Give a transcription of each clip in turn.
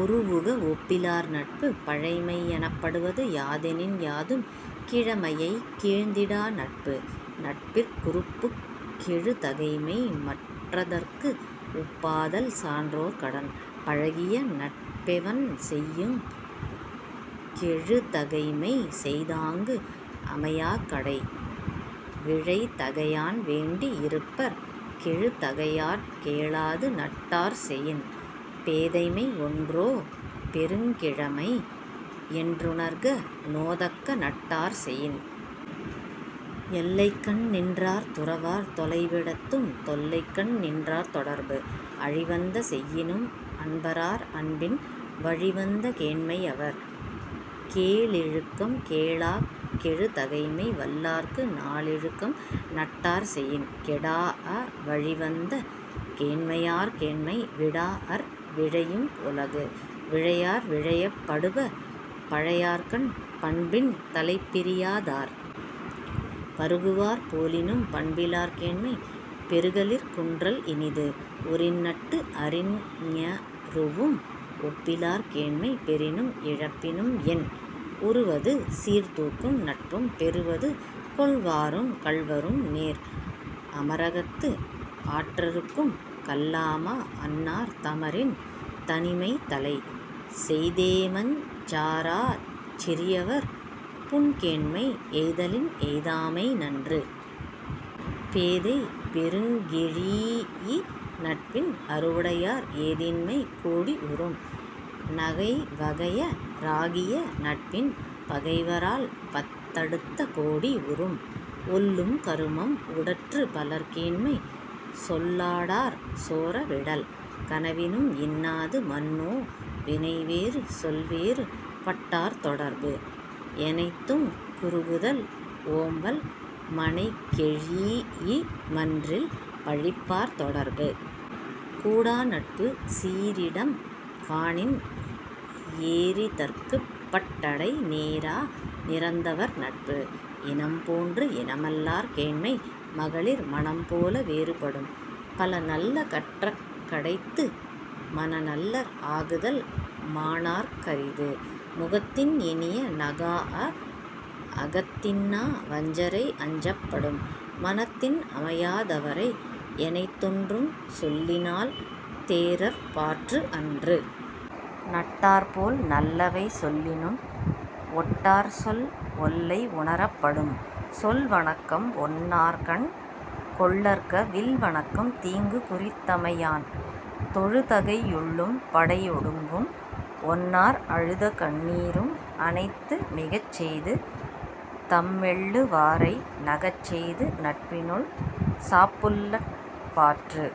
ஒருவுக ஒப்பிலார் நட்பு. பழைமை எனப்படுவது யாதெனின் யாதும் கிழமையைக் கீழ்ந்திடா நட்பு. நட்பிற் குறுப்புக் கெழுதகைமை மற்றதற்கு உப்பாதல் சான்றோர் கடன். பழகிய நட்பெவன் செய்யுங் கெழுதகைமை செய்தாங்கு அமையாக் கடை. விழைதகையான் வேண்டி இருப்பர் கெழுதகையாற் கேளாது நட்டார் செயின். பேதைமை ஒன்றோ பெருங்கிழமை என்றுணர்க நோதக்க நட்டார் செயின். எல்லைக்கண் நின்றார் துறவார் தொலைவிடத்தும் தொல்லைக்கண் நின்றார் தொடர்பு. அழிவந்த செய்யினும் அன்பறார் அன்பின் வழிவந்த கேண்மை யவர். கேளிழுக்கம் கேளாக் கெழுதகைமை வல்லார்க்கு நாளிழுக்கம் நட்டார் செயின். கெடாஅ வழிவந்த கேண்மையார் கேண்மை விடாஅர் விழையும் உலகு. விழையார் விழையப் படுப பழையார்கண் பண்பின் தலைப்பிரியா தார். பருகுவார் போலினும் பண்பிலார் கேண்மை பெருகலிற் குன்றல் இனிது. உறின்நட்டு அறின்ஙருஉம் ஒப்பிலார் கேண்மை பெறினும் இழப்பினும் என்? உறுவது சீர்தூக்கும் நட்பும் பெறுவது கொள்வாரும் கள்வரும் நேர். அமரகத்து ஆற்றறுக்கும் கல்லாமா அன்னார் தமரின் தனிமை தலை. செய்தேமஞ் சாராச் சிறியவர் புன்கேண்மை எய்தலின் எய்தாமை நன்று. பேதை பெருங்கெழீஇ நட்பின் அறிவுடையார் ஏதின்மை கோடி உறும். நகைவகைய ராகிய நட்பின் பகைவரால் பத்தடுத்த கோடி உறும். ஒல்லும் கருமம் உடற்று பவர்கேண்மை சொல்லாடார் சோர விடல். கனவினும் இன்னாது மன்னோ வினைவேறு சொல்வேறு பட்டார் தொடர்பு. எனைத்தும் குறுகுதல் ஓம்பல் மனைக்கெழீஇ மன்றில் பழிப்பார் தொடர்பு. கூடாநட்பு சீரிடம் காணின் எறிதற்குப் பட் டடை நேரா நிரந்தவர் நட்பு. இனம்போன்று இனமல்லார் கேண்மை மகளிர் மனம்போல வேறு படும். பலநல்ல கற்றக் கடைத்து மனநல்லர் ஆகுதல் மாணார்க் கரிது. முகத்தின் இனிய நகாஅ அகத்தின்னா வஞ்சரை அஞ்சப் படும். மனத்தின் அமையா தவரை எனைத்தொன்றும் சொல்லினால் தேறற்பாற்று அன்று. நட்டார்போல் நல்லவை சொல்லினும் ஒட்டார்சொல் ஒல்லை உணரப் படும். சொல்வணக்கம் ஒன்னார்கண் கொள்ளற்க வில்வணக்கம் தீங்கு குறித்தமை யான். தொழுதகை யுள்ளும் படையொடுங்கும் ஒன்னார் அழுதகண் ணீரும் அனைத்து. மிகச்செய்து தம்மெள்ளு வாரை நகச்செய்து நட்பினுள் சாப்புல்லற் பாற்று.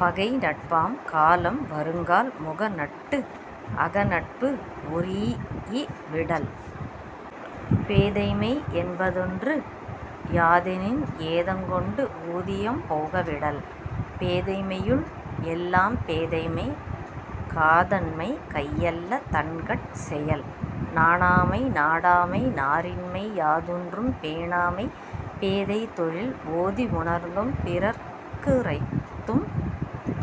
பகைநட்பாம் காலம் வருங்கால் முகநட்டு அகநட்பு ஒரீஇ விடல். பேதைமை என்பதொன்று யாதெனின் ஏதங்கொண்டு ஊதியம் போக விடல். பேதைமையுள் எல்லாம் பேதைமை காதன்மை கையல்ல தன்கட் செயல். நாணாமை நாடாமை நாரின்மை யாதொன்றும் பேணாமை பேதை தொழில் ஓதி உணர்ந்தும் பிறர் க்குரைத்தும்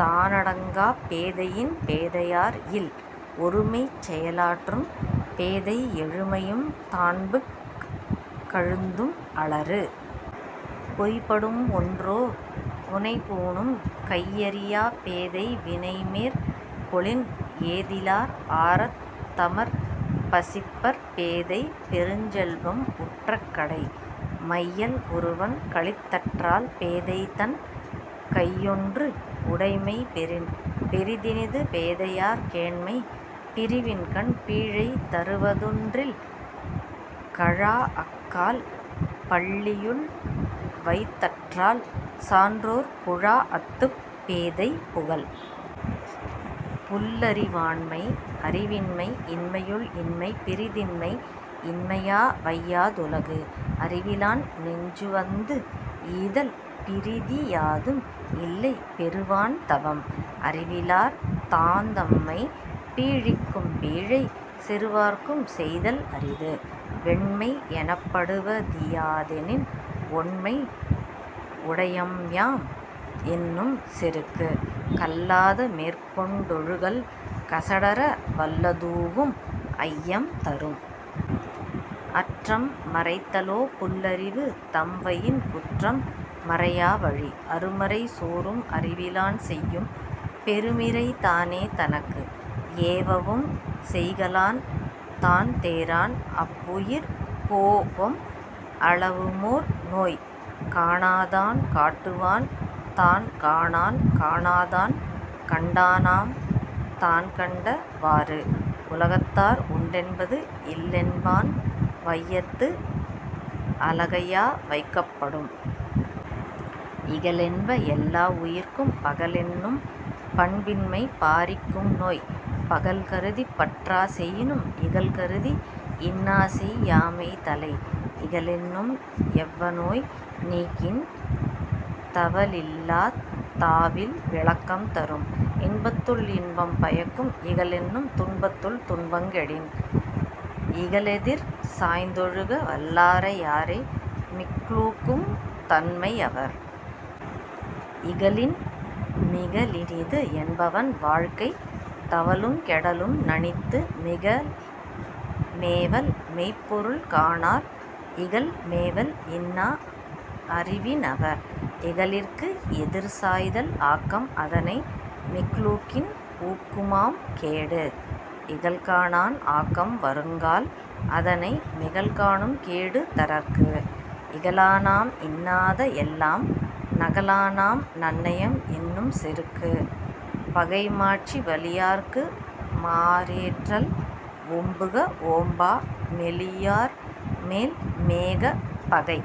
தானடங்காப் பேதையின் பேதையார் இல். ஒருமைச் செயலாற்றும் பேதை எழுமையும் தான்புக் கழுந்தும் அளறு. பொய்படும் ஒன்றோ புனைபூணும் கையறியாப் பேதை வினைமேற் கொளின். ஏதிலார் ஆரத் தமர்பசிப்பர் பேதை பெருஞ்செல்வம் உற்றக் கடை. மையல் ஒருவன் களித்தற்றால் பேதைதன் கையொன்று உடைமை பெறின். பெரிதினிது பேதையார் கேண்மை பிரிவின்கண் பீழை தருவதொன் றில். கழாஅக்கால் பள்ளியுள் வைத்தற்றால் சான்றோர் குழாஅத்துப் பேதை புகல். புல்லறிவாண்மை அறிவின்மை இன்மையுள் இன்மை பிறிதின்மை இன்மையா வையா துலகு. அறிவிலான் நெஞ்சுவந்து ஈதல் பிறிதியாதும் இல்லை பெறுவான் தவம். அறிவிலார் தாந்தம்மைப் பீழிக்கும் பீழை செறுவார்க்கும் செய்தல் அரிது. வெண்மை எனப்படுவ தியாதெனின் ஒண்மை உடையம்யாம் என்னும் செருக்கு. கல்லாத மேற்கொண் டொழுகல் கசடற வல்லதூஉம் ஐயம் தரும். அற்றம் மறைத்தலோ புல்லறிவு தம்வயின் குற்றம் மறையா வழி. அருமறை சோரும் அறிவிலான் செய்யும் பெருமிறை தானே தனக்கு. ஏவவும் செய்கலான் தான்தேறான் அவ்வுயிர் போஒம் அளவுமோர் நோய். காணாதான் காட்டுவான் தான்காணான் காணாதான் கண்டானாம் தான்கண்ட வாறு. உலகத்தார் உண்டென்பது இல்லென்பான் வையத்து அலகையா வைக்கப் படும். இகலென்ப எல்லா உயிர்க்கும் பகலென்னும் பண்பின்மை பாரிக்கும் நோய். பகல்கருதிப் பற்றா செயினும் இகல்கருதி இன்னாசெய் யாமை தலை. இகலென்னும் எவ்வநோய் நீக்கின் தவலில்லாத் தாவில் விளக்கம் தரும். இன்பத்துள் இன்பம் பயக்கும் இகலென்னும் துன்பத்துள் துன்பங் கெடின். இகலெதிர் சாய்ந்தொழுக வல்லாரை யாரே மிக்லூக்கும் தன்மை யவர். இகலின் மிகலினிது என்பவன் வாழ்க்கை தவலும் கெடலும் நணித்து. மிகல்மேவல் மெய்ப்பொருள் காணார் இகல்மேவல் இன்னா அறிவி னவர். இகலிற்கு எதிர்சாய்தல் ஆக்கம் அதனை மிக்லூக்கின் ஊக்குமாம் கேடு. இகல்காணான் ஆக்கம் வருங்கால் அதனை மிகல்காணும் கேடு தரற்கு. இகலானாம் இன்னாத எல்லாம் நகலானாம் நன்னயம் என்னும் செருக்கு. பகைமாட்சி வலியார்க்கு மாறேற்றல் ஓம்புக ஓம்பா மெலியார்மேல் மேக பகை.।